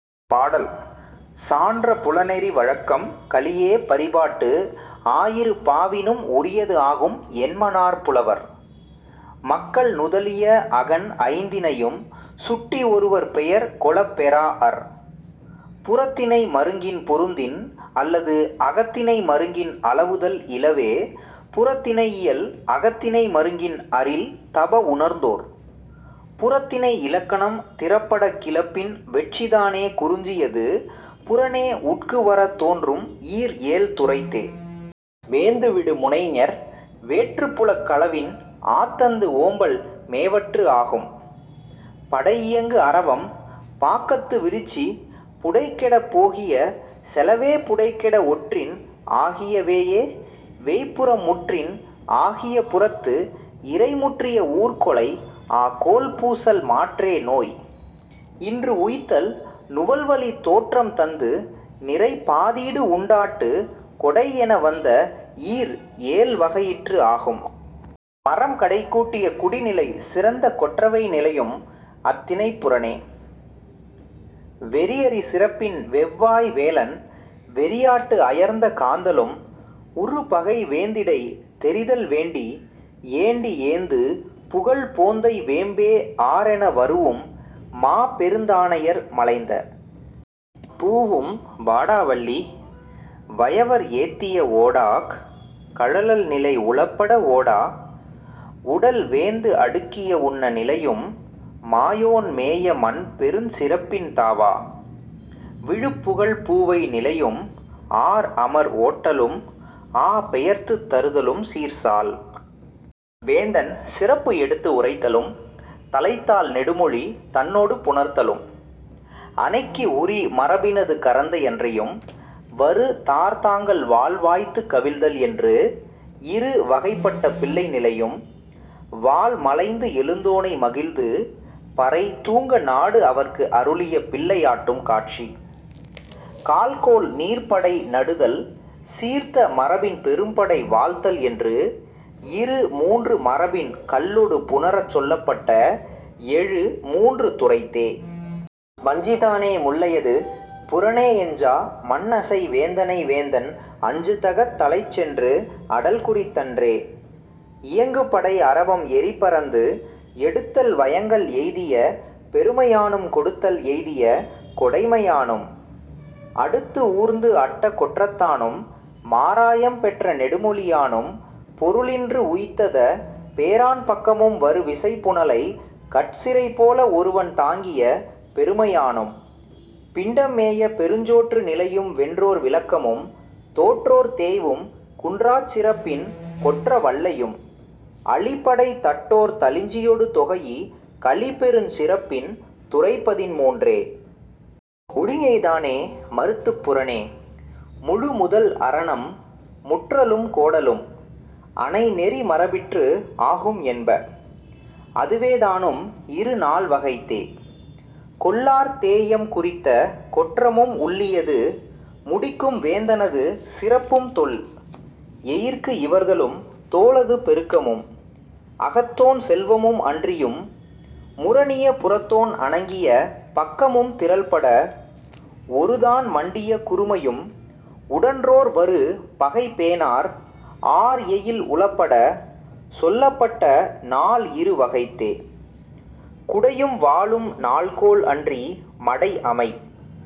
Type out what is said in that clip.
பாடல் சான்ற புலனெறி வழக்கம் கலியே பரிபாட்டு ஆயிரு பாவினும் உரியது ஆகும் என்மனார் புலவர். மக்கள் நுதலிய அகன் ஐந்திணையும் சுட்டி ஒருவர்ப் பெயர் கொளப் பெறாஅர். புறத்திணை மருங்கின் பொருந்தின் அல்லது அகத்திணை மருங்கின் அளவுதல் இலவே.. புறத்திணையியல் அகத்திணை மருங்கின் அரில் தப உணர்ந்தோர் புறத்திணை இலக்கணம் திறப்படக் கிளப்பின் வெட்சிதானே குறிஞ்சியது புறனே உட்கு வரத் தோன்றும் ஈர் ஏழ் துறைத்தே. வேந்து விடு முனைஞர் வேற்றுப் புலக் களவின் ஆ தந்து ஓம்பல் மேவற்று ஆகும். படை இயங்கு அரவம் பாக்கத்து விரிச்சி புடை கெடப் போகிய செலவே புடை கெட ஒற்றின் ஆகிய வேயே வேய்ப்புறம் முற்றின் ஆகிய புறத்து இறை முற்றிய ஊர் கொலை ஆ கோள் பூசல் மாற்றே நோய் இன்று உய்த்தல் நுவல்வழித் தோற்றம் தந்து நிறை பாதீடு உண்டாட்டு கொடை என வந்த ஈர் ஏழ் வகையிற்று ஆகும். மறம் கடைக்கூட்டிய குடிநிலை சிறந்த கொற்றவை நிலையும் அத் திணைப் புறனே. வெறி அறி சிறப்பின் வெவ் வாய் வேலன் வெறியாட்டு அயர்ந்த காந்தளும் உறு பகை வேந்திடை தெரிதல் வேண்டி ஏண்டிஏந்து புகழ் போந்தை வேம்பே ஆர் என வரூஉம் மா பெருந்தானையர் மலைத்த பூவும் வாடா வள்ளி வயவர் ஏத்திய ஓடாக் கழலல் நிலை உளப்பட ஓடா உடல் வேந்து அடுக்கிய உன்ன நிலையும் மாயோன் மேய மன் பெருஞ் சிறப்பின் தாவா விழுப் புகழ்ப் பூவை நிலையும் ஆர் அமர் ஓட்டலும் ஆ பெயர்த்துத் தருதலும் சீர் சால் வேந்தன் சிறப்பு எடுத்து உரைத்தலும் தலைத் தாள் நெடுமொழி தன்னொடு புணர்த்தலும் அனைக்கு உரி மரபினது கரந்தை அன்றியும் வரு தார் தாங்கல் வாள் வாய்த்துக் கவிழ்தல் என்று இரு வகைப் பட்ட பிள்ளை நிலையும் வாள் மலைந்து எழுந்தோனை மகிழ்ந்து பறை தூங்க நாடு அவற்கு அருளிய பிள்ளையாட்டும் காட்சி கால்கோள் நீர்ப்படை நடுதல் சீர்த்த மரபின் பெரும்படை வாழ்த்தல் என்று இரு மூன்று மரபின் கல்லொடு புணரச் சொல்லப்பட்ட எழு மூன்று துறைத்தே. வஞ்சிதானே முல்லையது புறனே எஞ்சா மண் நசை வேந்தனை வேந்தன் அஞ்சு தகத் தலைச் சென்று அடல் குறித்தன்றே. இயங்கு படை அரவம் எரி பரந்து எடுத்தல் வயங்கல் எய்திய பெருமையானும் கொடுத்தல் எய்திய கொடைமையானும் அடுத்து ஊர்ந்து அட்ட கொற்றத்தானும் மாராயம் பெற்ற நெடுமொழியானும் பொருளின்று உய்த்தத பேராண் பக்கமும் வரு விசைப் புனலைக் கற் சிறை போல ஒருவன் தாங்கிய பெருமையானும் பிண்டம் மேய பெருஞ்சோற்று நிலையும் வென்றோர் விளக்கமும் தோற்றோர் தேய்வும் குன்றாச் சிறப்பின் கொற்ற வள்ளையும் அழி படை தட்டோ ர் தழிஞ்சியொடு தொகைஇ கழி பெருஞ் சிறப்பின் துறை பதின்மூன்றே. உழிஞைதானே மருத்துப் புறனே முழு முதல் அரணம் முற்றலும் கோடலும் அனை நெறி மரபிற்று ஆகும் என்ப. அதுவேதானும் இரு நால் வகைத்தே. கொள்ளார் தேஎம் குறித்த கொற்றமும் உள்ளியது முடிக்கும் வேந்தனது சிறப்பும் தொல் எயிற்கு இவர்தலும் தோலது பெருக்கமும் அகத்தோன் செல்வமும் அன்றியும் முரணிய புறத்தோன் அணங்கிய பக்கமும் திறல் பட ஒரு தான் மண்டிய குறுமையும் உடன்றோர் வரு பகை பேணார் ஆர் எயில் உளப்பட சொல்லப்பட்ட நால் இரு வகைத்தே. குடையும் வாளும் நாள்கோள் அன்றி மடை அமை